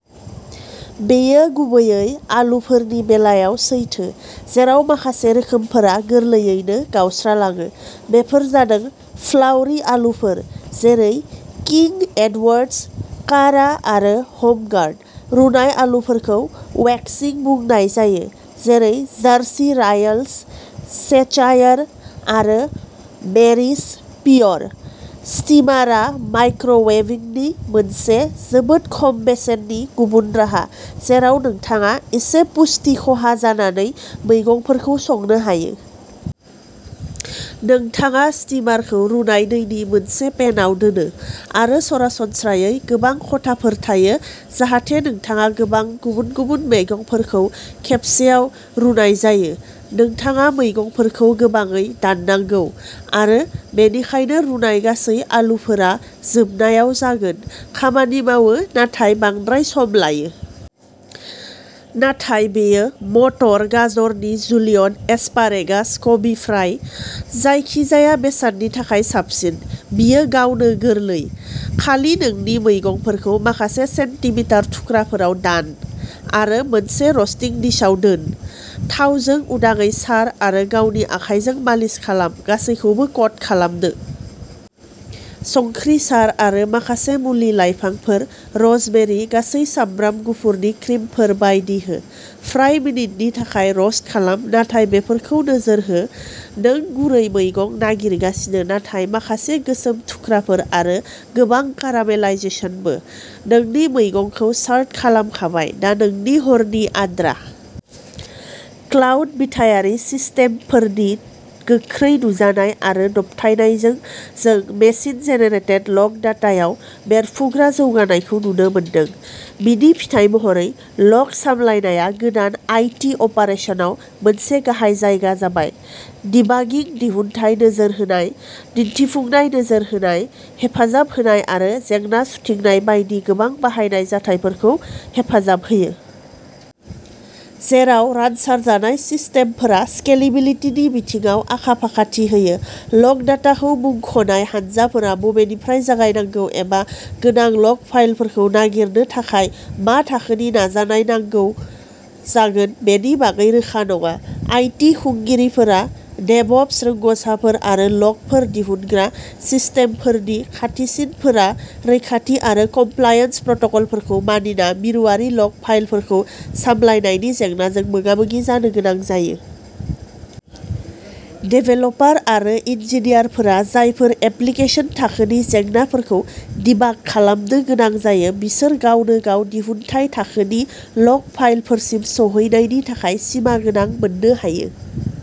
बेयो गुबैयै आलुफोरनि बेलायाव सैथो, जेराव माखासे रोखोमफोरा गोरलैयैनो गावस्रालाङो। बेफोर जादों'फ्लाउरि'आलुफोर जेरै किं एडवार्ड्स, कारा आरो हम गार्ड। रुनाय आलुफोरखौ'वेक्सि'बुंनाय जायो-जेरै जार्सि रायल्स, चेशायर आरो मेरिस पीयर। स्टीमारआ माइक्र'वेभिंनि मोनसे जोबोद खम बेसेननि गुबुन राहा, जेराव नोंथाङा इसे पुष्टि खहा जानानै मैगंफोरखौ संनो हायो। नोंथाङा स्टीमारखौ रुनाय दैनि मोनसे पेनआव दोनो, आरो सरासनस्रायै गोबां खथाफोर थायो जाहाथे नोंथाङा गोबां गुबुन-गुबुन मैगंफोरखौ खेबसेआव रुनाय हायो। नोंथाङा मैगंफोरखौ गोबाङै दाननांगौ, आरो बेनिखायनो रुनाय गासै आलुफोरा जोबनायाव जागोन। खामानि मावो, नाथाय बांद्राय सम लायो। नाथाय बेयो मटर, गाजरनि जुलियन, एस्पारेगास, कबि-फ्राय जायखिजाया बेसादनि थाखाय साबसिन। बेयो गावनो गोरलै। खालि नोंनि मैगंफोरखौ माखासे सेन्टिमिटार थुख्राफोराव दान आरो मोनसे रस्टिं डिशआव दोन। थावजों उदाङै सार आरो गावनि आखाइजों मालिस खालाम गासैबोखौ क'ट खालामनो। संख्रि सार आरो माखासे मुलि-लाइफांफोर, र'जमेरि, गासै सामब्राम गुफुरनि क्रिमफोर बायदि हो। फ्राय मिनिटनि थाखाय र'स्ट खालाम, नाथाय बेफोरखौ नोजोर हो। नों गुरै मैगं नागिरगासिनो, नाथाय माखासे गोसोम थुख्राफोर आरो गोबां कारामेलाइजेसनबो। नोंनि मैगंखौ सार्ट खालामखाबाय, दा नोंनि हरनि आद्रा! क्लाउड-बिथायारि सिस्टेमफोरनि गोख्रै नुजानाय आरो दबथायनायजों, जों मेसिन-जेनेरेटेड लग डाटायाव बेरफ्रुग्रा जौगानायखौ नुनो मोनदों। बेनि फिथाय महरै, लग सामलायनाया गोदान आइ. टि. अपारेसनाव मोनसे गाहाय जायगा जाबाय, डिबागिं, दिहुनथाय नोजोर होनाय, दिन्थिफुंनाय नोजोर होनाय, हेफाजाब होनाय आरो जेंना सुथिंनाय बायदि गोबां बाहायनाय जाथायफोरखौ हेफाजाब होयो। जेराव रानसारजानाय सिस्टेमफोरा स्केलिबिलितिनि बिथिङाव आखा-फाखाथि होयो, लग डाटाखौ मुंख'नाय हानजाफोरा बबेनिफ्राय जागायनांगौ एबा गोनां लग फाइलफोरखौ नागिरनो थाखाय मा थाखोनि नाजानाय नांगौ जागोन बेनि बागै रोखा नङा। आइ. टि. खुंगिरिफोर, डेभअप्स रोंग'साफोर आरो लगफोर दिहुनग्रा सिस्टेमफोरनि खाथिसिनफोरा रैखाथि आरो कमप्लायन्स प्रट'कलफोरखौ मानिना मिरुआरि लग फाइलफोरखौ सामलायनायनि जेंनाजों मोगा-मोगि जानो गोनां जायो। देभेलपारफोर आरो इन्जिनियारफोर जायफोरा एप्लिकेसन-थाखोनि जेंनाफोरखौ डिबाग खालामनो गोनां जायो, बिसोर गावनोगाव दिहुनथाय-थाखोनि लग फाइलफोरसिम सौहैनायनि थाखाय सिमागोनां मोननो हायो।